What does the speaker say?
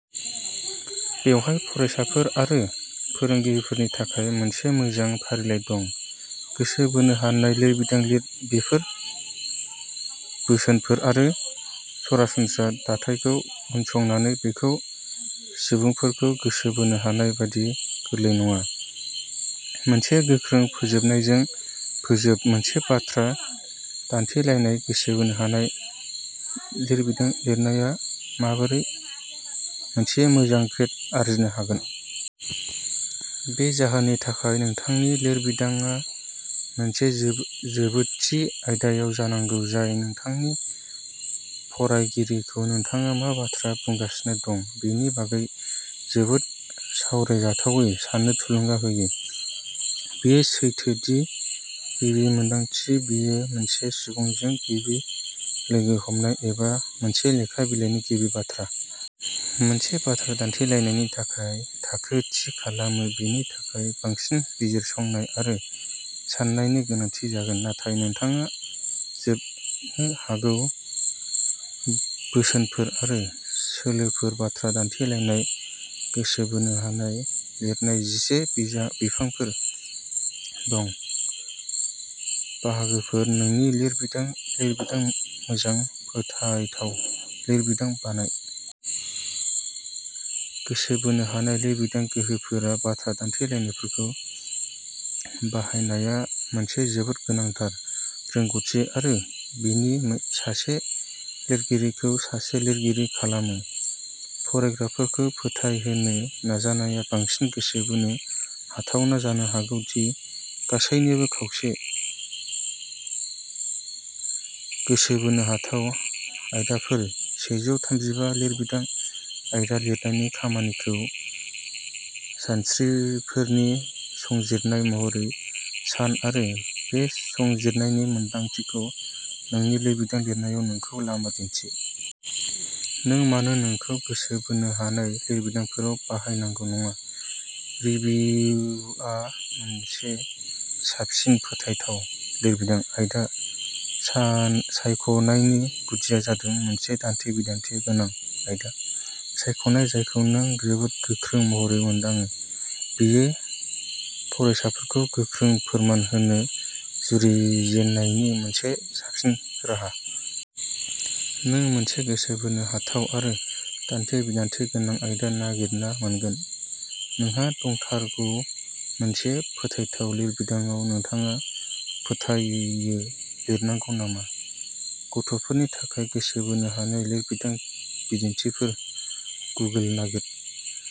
बेवहाय फरायसाफोर आरो फोरोंगिरिफोरनि थाखाय मोनसे मोजां फारिलाइ दं। गोसो बोनो हानाय लिरबिदां लिर बेफोर बोसोनफोर आरो सरासनस्रा दाथायखौ उनसंनानै बेखौ सुबुंफोरखौ गोसो बोनो हानाय बादि गोरलै नङा। मोनसे गोख्रों फोजोबनायजों फोजोब। मोनसे बाथ्रा दान्थेलायनाय गोसो बोनो हानाय लिरबिदां लिरनाया माबोरै मोनसे मोजां ग्रेड आरजिनो हागोन। बे जाहोननि थाखाय नोंथांनि लिरबिदांआ मोनसे जोबो जोबोद थि आयदायाव जानांगौ जाय नोंथांनि फरायगिरिखौ नोंथाङा मा बाथ्रा बुंगासिनो दं बेनि बागै जोबोद सावरायजाथावै साननो थुलुंगा होयो। बेयो सैथो दि गिबि मोनदांथि बेयो सासे सुबुंजों गिबि लोगो हमनाय एबा मोनसे लेखा बिलाइनि गिबि बाथ्रा। मोनसे बाथ्रा दान्थेलायनायनि थाखाय थाखो थि खालामो। बेनि थाखाय बांसिन बिजिरसंनाय आरो साननायनि गोनांथि जागोन। नाथाय नोंथाङा जोबनो हागौ। बोसोनफोर आरो सोलोफोर बाथ्रा दान्थेलायनाय। गोसो बोनो हानाय लिरनाय जिसे बिजाब बिफांफोर। दं बाहागोफोर नोंनि लिरबिदां लिरबिदां मोजां फोथायथाव लिरबिदां बानाय। गोसो बोनो हानाय लिरबिदां गोहोगोरा बाथ्रा दान्थेलायनायफोरखौ बाहायनाया मोनसे जोबोद गोनांथार रोंग'थि आरो बेनि सासे लिरगिरिखौ सासे लिरगिरि खालामो। फरायग्राफोरखौ फोथायहोनो नाजानाया बांसिन गोसो बोनो हाथावना जानो हागौ दि गासैनिबो खावसे। गोसो बोनो हाथाव आयदाफोर सेजौ थामजिबा लिरबिदां आयदा लिरनायनि खामानिखौ सानस्रिफोरनि संजिरनाय महरै सान आरो बे संजिरनायनि मोनदांथिखौ नोंनि लिरबिदां लिरनायाव नोंखौ लामा दिन्थि। नों मानो नोंखौ गोसो बोनो हानाय लिरबिदांफोराव बाहायनांगौ नङा। रिभिउआ मोनसे साबसिन फोथायथाव लिरबिदां आयदा सान सायख'नायनि गुदिआ जादों मोनसे दान्थे-बिदान्थे गोनां आयदा सायख'नाय जायखौ नों गोबोद गोख्रों महरै मोनदाङो। बेयो फरायसाफोरखौ गोख्रों फोरमान होनो जुरिजेननायनि मोनसे साबसिन राहा। नों मोनसे गोसो बोनो हाथाव आरो दान्थे-बिदान्थे गोनां आयदा नागिरना मोनगोन। नोंहा दंथारगौ। मोनसे फोथायथाव लिरबिदांआव नोंथाङा फोथायो लिरनांगौ नामा? गथ'फोरनि थाखाय गोसो बोनो हानाय लिरबिदां बिदिन्थिफोर-गुगोल नागिर।